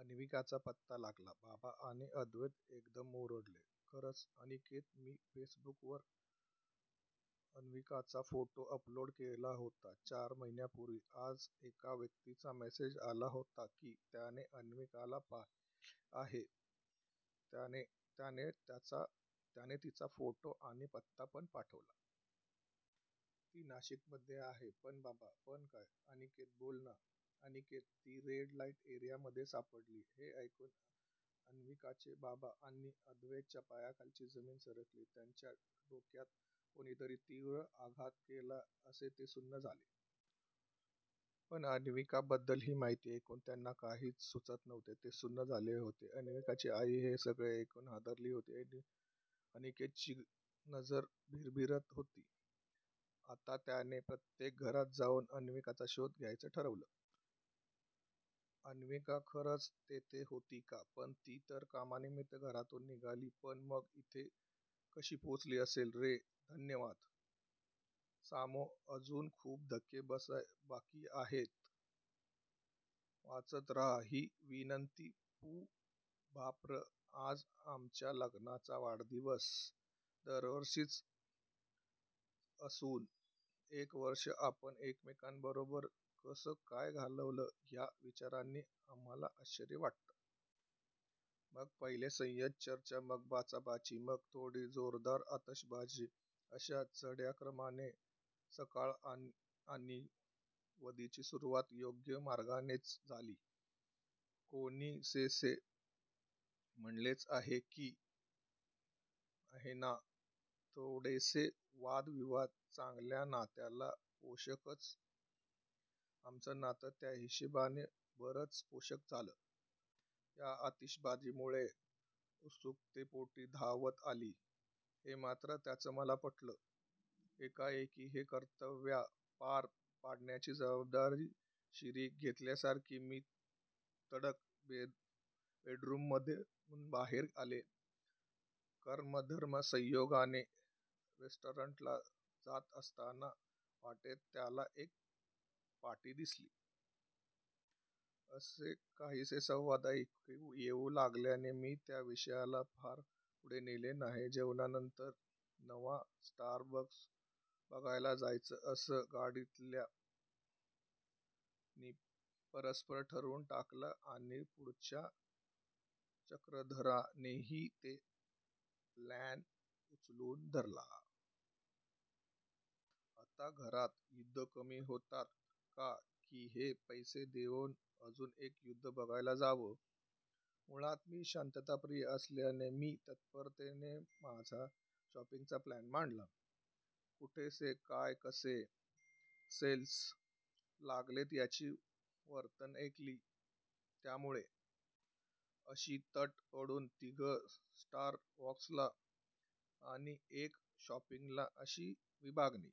अन्विकाचा पत्ता लागला "बाबा आणि अव्दैत एकदम ओरडले, "खरंच "अनिकेत," मी फेसबुकवर अन्विकाचा फोटो अपलोड केला होता चार महिन्या पूर्वी, आज एका व्यक्तीचा मेसेज आला होता की त्याने अन्विकाला पाहिले आहे त्याने तिचा फोटो आणि पत्ता पण पाठवला आहे. ती नाशिक मध्येच आहे पण" बाबा, " पण काय? अनिकेत बोल ना! "अनिकेत, " ती रेड लाईट एरिआ मध्ये सापडलीय. "हे ऐकून अन्विकाचे बाबा आणि अव्दैतच्या पाया खालील जमीनच सरकली. त्यांच्या डोक्यात कोणी तरी तीव्र आघात केलाय असे ते सुन्न झाले. पण अन्विका बद्दलची ही माहिती ऐकून त्यांना काही सूचत नव्हते. ते सुन्न झाले होते. अन्विकाची आई हे सगळे ऐकून हादरली होती. अनिकेतची नजर भिरभिरत होती. आता त्याने प्रत्येक घरात जाऊन अन्विकाचा शोध घ्यायचं ठरवलं. अन्विका खरच तेथे होती का? पण ती तर कामानिमित्त घरातून निघाली पण मग इथे कशी पोहचली असेल? रे! धन्यवाद सामो, अजून खूप धक्के बाकी आहेत वाचत रहा ही विनंतीपुभाप्र! आज आमच्या लग्नाचा वाढदिवस! दरवर्षीच अजून एक वर्ष आपण एकमेकांबरोबर कसं काय घालवलं ह्या विचारानी आम्हालाच आश्चर्य वाटतं. मग पहिले संयत चर्चा, मग बाचा-बाची, मग थोडी जोरदार आतषबाजी अश्या चढ्या क्रमाने सकाळ आणि वदि ची सुरुवात योग्य मार्गानेच झाली. कोणीसेसे म्हटलेच आहे ना थोडेसे वाद-विवाद चांगल्या नात्याला पोषकच! आमचं नातं त्या हिशोबाने बरंच पोषक झालंय. या आतषबाजीने मुलं उत्सुकतेपोटी धावत आली. हे मात्र त्यांचं मला पटलंच. एकाएकी हे कर्तव्या पार पाडण्याची जबाबदारी शिरी घेतल्यासारखी मी तडक बेडमधून बाहेर आले. कर्म-धर्मसंयोगाने रेस्टॉरंटला जात असताना वाटेत त्याला एक पाटी दिसली -!,''" असे काहीसे संवाद ऐकू येऊ लागल्याने मी त्या विषयाला फार पुढे नेलं नाही. जेवणानंतर नवा स्टार-वॉर्स बघायला जायचं असं गाडीतल्या नी परस्पर ठरवून टाकलं आणि पुढच्या चक्रधरानेही तो प्लॅन उचलून धरला. आता घरात युद्ध कमी होतात का की हे पैसे देऊन अजून एक युद्ध बघायला जावं? मूळात मी शांतताप्रिय असल्याने मी तत्परतेने माझा शॉपिंगचा प्लॅन मांडला. कुठेसेसे काय-कायसे सेल्स लागलेत याची वर्णनं ऐकवली. त्यामुळे अशी तट पडून तिघं स्टार-वॉर्सला आणि एक शॉपिंगला अशी विभागणी